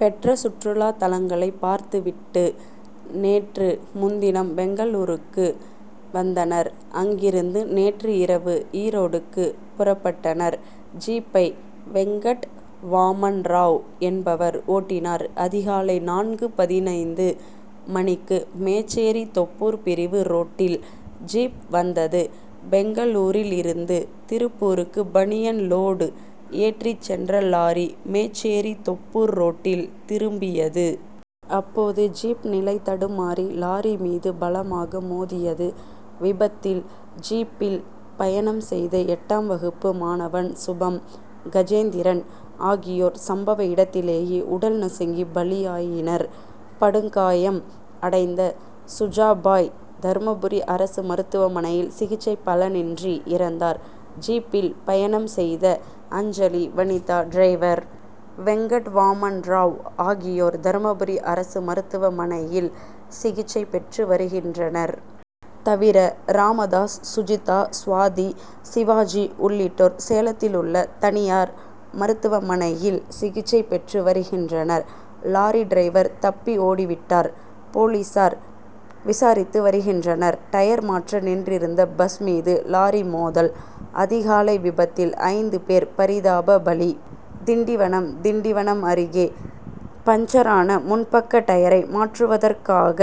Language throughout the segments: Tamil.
பெற்ற சுற்றுலா தலங்களை பார்த்து விட்டு நேற்று முன்தினம் பெங்களூருக்கு வந்தனர். அங்கிருந்து நேற்று இரவு ஈரோடுக்கு புறப்பட்டனர். ஜீப்பை வெங்கட்வாமன் ராவ் என்பவர் ஓட்டினார். அதிகாலை நான்கு பதினைந்து மணிக்கு மேச்சேரி தொப்பூர் பிரிவு ரோட்டில் ஜீப் வந்தது. பெங்களூருல் இருந்து திருப்பூருக்கு பனியன் லோடு ஏற்றிச் சென்ற லாரி மேச்சேரி- தொப்பூர் ரோட்டில் திரும்பியது. அப்போது ஜீப் நிலை தடுமாறி லாரி மீது பலமாக மோதியது. விபத்தில் ஜீப்பில் பயணம் செய்த எட்டாம் வகுப்பு மாணவன் சுபம் கஜேந்திரன் ஆகியோர் சம்பவ இடத்திலேயே உடல் நசுங்கி பலியாயினர். படுகாயம் அடைந்த சுஜாபாய் தர்மபுரி அரசு மருத்துவமனையில் சிகிச்சை பலனின்றி இறந்தார். ஜீப்பில் பயணம் செய்த அஞ்சலி வனிதா டிரைவர் வெங்கட்வாமன் ராவ் ஆகியோர் தர்மபுரி அரசு மருத்துவ மனை யில் சிகிச்சை பெற்று வருகின்றனர். தவிர ராமதாஸ் சுஜிதா சுவாதி சிவாஜி உள்ளிட்டோர் சேலத்தில் உள்ள தனியார் மருத்துவமனையில் சிகிச்சை பெற்று வருகின்றனர். லாரி டிரைவர் தப்பி ஓடி விட்டார். போலீசார் விசாரித்து வருகின்றனர். டயர் மாற்ற நின்றிருந்த பஸ் மீது லாரி மோதல் அதிகாலை விபத்தில் ஐந்து பேர் பரிதாப பலி திண்டிவனம் திண்டிவனம் அருகே பஞ்சரான முன்பக்க டயரை மாற்றுவதற்காக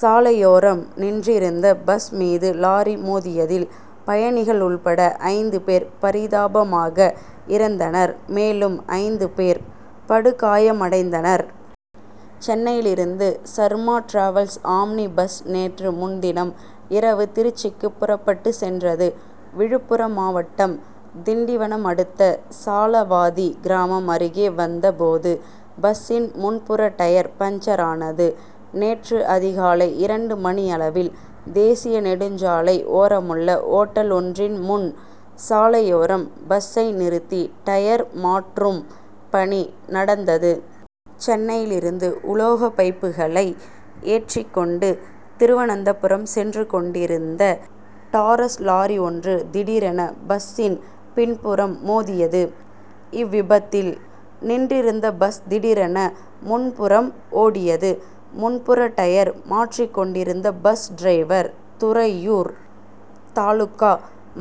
சாலையோரம் நின்றிருந்த பஸ் மீது லாரி மோதியதில் பயணிகள் உட்பட ஐந்து பேர் பரிதாபமாக இறந்தனர் மேலும் ஐந்து பேர் படுகாயமடைந்தனர். சென்னையில் இருந்து சர்மா டிராவல்ஸ் ஆம்னி பஸ் நேற்று முன்தினம் இரவு திருச்சிக்கு புறப்பட்டுச் சென்றது. விழுப்புரம் மாவட்டம் திண்டிவனம் அடுத்த சலவாதி கிராமம் அருகே வந்த போது பஸ்சின் முன்புற டயர் பஞ்சரானது. நேற்று அதிகாலை இரண்டு மணியளவில் தேசிய நெடுஞ்சாலை ஓரமுள்ள ஓட்டல் ஒன்றின் முன் சாலையோரம் பஸ்சை நிறுத்தி டயர் மாற்றும் பணி நடந்தது. சென்னையில் இருந்து உலோக பைப்புகளை ஏற்றிக்கொண்டு திருவனந்தபுரம் சென்று கொண்டிருந்த டாரஸ் லாரி ஒன்று திடீரென பஸ்சின் பின்புறம் மோதியது. இவ்விபத்தில் நின்றிருந்த பஸ் திடீரென முன்புறம் ஓடியது. முன்புற டயர் மாற்றிக் கொண்டிருந்த பஸ் டிரைவர் துறையூர் தாலுகா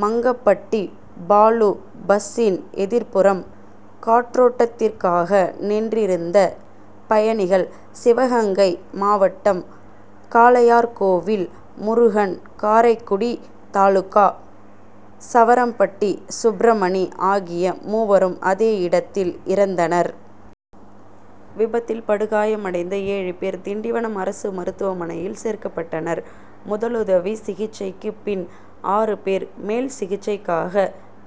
மங்கப்பட்டி பாலு பஸ்சின் எதிர்புறம் காற்றோட்டத்திற்காக நின்றிருந்த பயணிகள் சிவகங்கை மாவட்டம் காளையார் கோவில் முருகன் காரைக்குடி தாலுகா சவரம்பட்டி சுப்ரமணி ஆகிய மூவரும் அதே இடத்தில் இறந்தனர். விபத்தில் படுகாயமடைந்த ஏழு பேர் திண்டிவனம் அரசு மருத்துவமனையில் சேர்க்கப்பட்டனர். முதலுதவி சிகிச்சைக்கு பின் ஆறு பேர் மேல் சிகிச்சைக்காக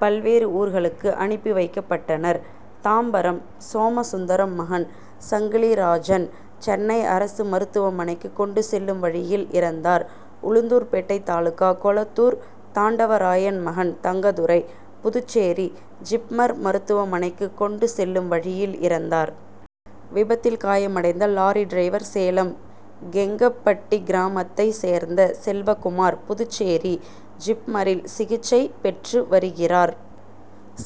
பல்வேறு ஊர்களுக்கு அனுப்பி வைக்கப்பட்டனர். தாம்பரம் சோமசுந்தரம் மகன் சங்கிலிராஜன் சென்னை அரசு மருத்துவமனைக்கு கொண்டு செல்லும் வழியில் இறந்தார். உளுந்தூர்பேட்டை தாலுகா கொளத்தூர் தாண்டவராயன் மகன் தங்கதுரை புதுச்சேரி ஜிப்மர் மருத்துவமனைக்கு கொண்டு செல்லும் வழியில் இறந்தார். விபத்தில் காயமடைந்த லாரி டிரைவர் சேலம் கெங்கப்பட்டி கிராமத்தைச் சேர்ந்த செல்வகுமார் புதுச்சேரி ஜிப்மரில் சிகிச்சை பெற்று வருகிறார்.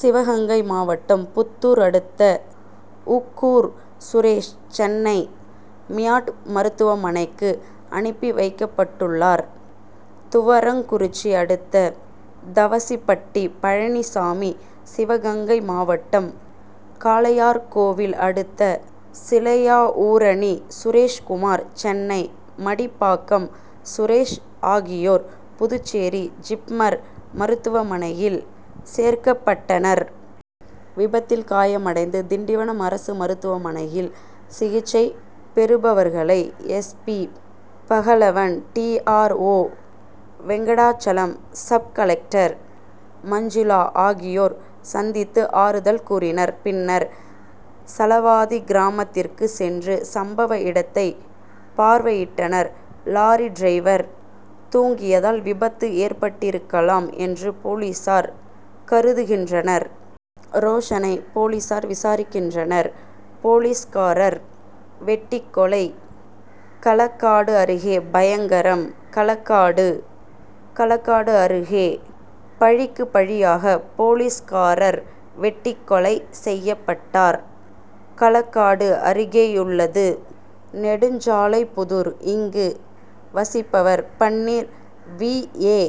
சிவகங்கை மாவட்டம் புத்தூர் அடுத்த உக்கூர் சுரேஷ் சென்னை மியாட் மருத்துவமனைக்கு அனுப்பி வைக்கப்பட்டுள்ளார். துவரங்குறிச்சி அடுத்த தவசிப்பட்டி பழனிசாமி சிவகங்கை மாவட்டம் காளையார் கோவில் அடுத்த சிலையாவூரணி சுரேஷ்குமார் சென்னை மடிப்பாக்கம் சுரேஷ் ஆகியோர் புதுச்சேரி ஜிப்மர் மருத்துவமனையில் சேர்க்கப்பட்டனர். விபத்தில் காயமடைந்து திண்டிவனம் அரசு மருத்துவமனையில் சிகிச்சை பெறுபவர்களை S. P. Pagalavan D. R. O. Venkatachalam sub collector Manjula ஆகியோர் சந்தித்து ஆறுதல் கூறினர். பின்னர் சலவாதி கிராமத்திற்கு சென்று சம்பவ இடத்தை பார்வையிட்டனர். லாரி டிரைவர் தூங்கியதால் விபத்து ஏற்பட்டிருக்கலாம் என்று போலீசார் கருதுகின்றனர். ரோஷணை போலீசார் விசாரிக்கின்றனர். போலீஸ்காரர் வெட்டிக் கொலை களக்காடு அருகே பயங்கரம் களக்காடு களக்காடு அருகே பழிக்கு பழியாக போலீஸ்காரர் வெட்டிக் கொலை செய்யப்பட்டார். களக்காடு அருகேயுள்ளது நடுச்சாலைப்புதூர். இங்கு வசிப்பவர் பன்னீர். வி. ஏ.